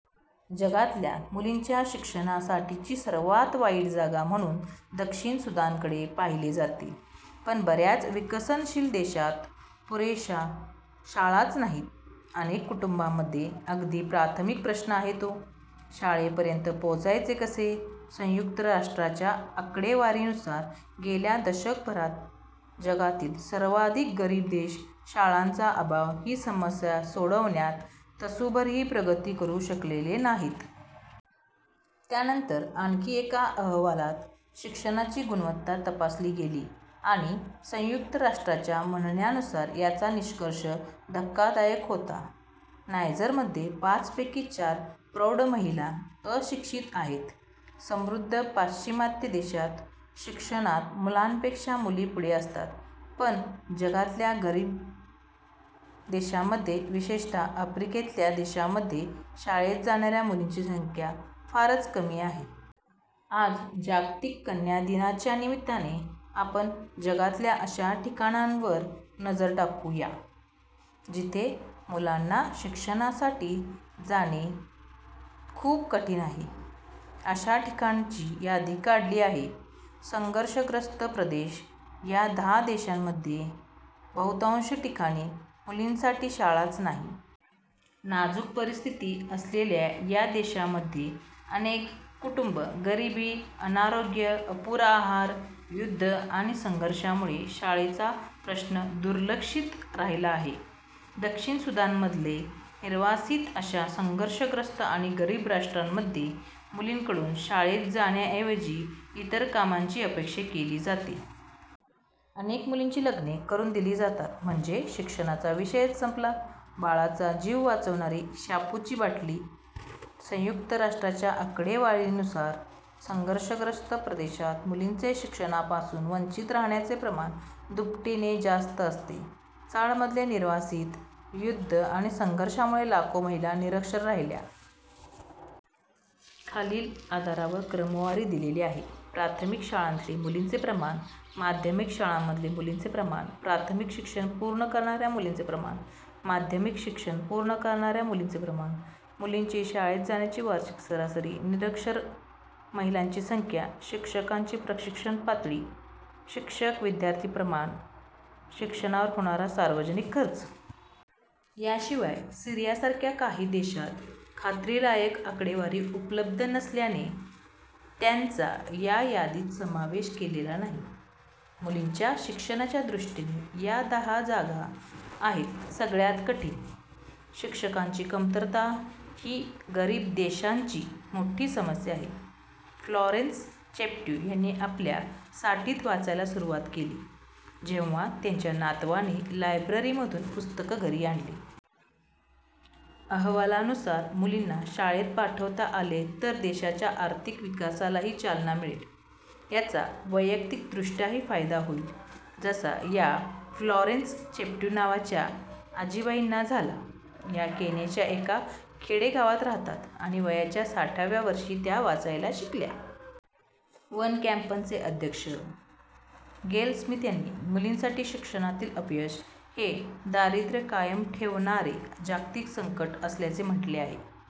जगातल्या मुलींच्या शिक्षणासाठीची सर्वात वाईट जागा म्हणून दक्षिण सुदानकडे पाहिले जाते, पण बऱ्याच विकसनशील देशांत पुरेशा शाळाच नाहीत. अनेक कुटुंबांमध्ये अगदी प्राथमिक प्रश्न आहे तो, शाळेपर्यंत पोचायचे कसे? संयुक्त राष्ट्रांच्या आकडेवारीनुसार, गेल्या दशकभरात जगातील सर्वाधिक गरीब देश शाळांचा अभाव ही समस्या सोडवण्यात तसूभरही प्रगती करू शकलेले नाहीत. त्यानंतर आणखी एका अहवालात शिक्षणाची गुणवत्ता तपासली गेली आणि संयुक्त राष्ट्रांच्या म्हणण्यानुसार याचा निष्कर्ष धक्कादायक होता. नायजरमध्ये पाचपैकी चार प्रौढ महिला अशिक्षित आहेत. समृद्ध पाश्चिमात्य देशांत शिक्षणात मुलांपेक्षा मुली पुढे असतात. पण जगातल्या गरीब देशांमध्ये विशेषतः आफ्रिकेतल्या देशांमध्ये शाळेत जाणाऱ्या मुलींची संख्या फारच कमी आहे. आज 'जागतिक कन्या दिना'च्या निमित्ताने आपण जगातल्या अशा ठिकाणांवर नजर टाकू या, जिथे मुलांना शिक्षणासाठी जाणे खूप कठीण आहे. अशा ठिकाणांची यादी काढली आहे. संघर्षग्रस्त प्रदेश, या दहा देशांमध्ये बहुतांश ठिकाणी मुलींसाठी शाळाच नाही. नाजुक परिस्थिती असलेल्या या देशांमध्ये, अनेक कुटुंब गरिबी, अनारोग्य, अपुरा आहार, युद्ध आणि संघर्षामुळे शाळेचा प्रश्न दुर्लक्षित राहिला आहे. दक्षिण सुदानमधले निर्वासित अशा संघर्षग्रस्त आणि गरीब राष्ट्रांमध्ये मुलींकडून शाळेत जाण्याऐवजी इतर कामांची अपेक्षा केली जाती. अनेक मुलींची लग्ने करून दिली जातात. म्हणजे शिक्षणाचा विषयच संपला. बाळांचा जीव वाचवणारी शँपूची बाटली - संयुक्त राष्ट्रांच्या आकडेवारीनुसार, संघर्षग्रस्त प्रदेशात मुलींचे शिक्षणापासून वंचित राहण्याचे प्रमाण दुपटीने जास्त असते. चाडमधले निर्वासित: युद्ध आणि संघर्षामुळे लाखो महिला निरक्षर राहिल्या. खालील आधारावर क्रमवारी दिलेली आहे: •प्राथमिक शाळांतले मुलींचे प्रमाण •माध्यमिक शाळांमधले मुलींचे प्रमाण •प्राथमिक शिक्षण पूर्ण करणाऱ्या मुलींचे प्रमाण •माध्यमिक शिक्षण पूर्ण करणाऱ्या मुलींचे प्रमाण •मुलींची शाळेत जाण्याची वार्षिक सरासरी •निरक्षर महिलांची संख्या •शिक्षकांची प्रशिक्षण पातळी •शिक्षक-विद्यार्थी प्रमाण •शिक्षणावर होणारा सार्वजनिक खर्च. याशिवाय, सीरियासारख्या काही देशांत खात्रीलायक आकडेवारी उपलब्ध नसल्याने त्यांचा या यादीत समावेश केलेला नाही. मुलींच्या शिक्षणाच्या दृष्टीने या दहा जागा आहेत सगळ्यात कठीण: शिक्षकांची कमतरता ही गरीब देशांची मोठी समस्या आहे. फ्लॉरेन्स चेप्ट्यू यांनी आपल्या साठीत वाचायला सुरुवात केली, जेव्हा त्यांच्या नातवाने लायब्ररीमधून पुस्तक घरी आणले. अहवालानुसार मुलींना शाळेत पाठवता आले तर देशांच्या आर्थिक विकासालाही चालना मिळेल. याचा वैयक्तिक दृष्ट्याही फायदा होईल जसा या फ्लॉरेन्स चेप्ट्यू नावाच्या आजीबाईंना झाला. या केनियाच्या एका खेडेगावात राहतात आणि वयाच्या साठव्या वर्षी त्या वाचायला शिकल्या. वन कॅम्पेनचे अध्यक्ष गेल स्मिथ यांनी, मुलींसाठी शिक्षणातील अपयश हे 'दारिद्र्य कायम ठेवणारे जागतिक संकट' असल्याचे म्हटले आहे.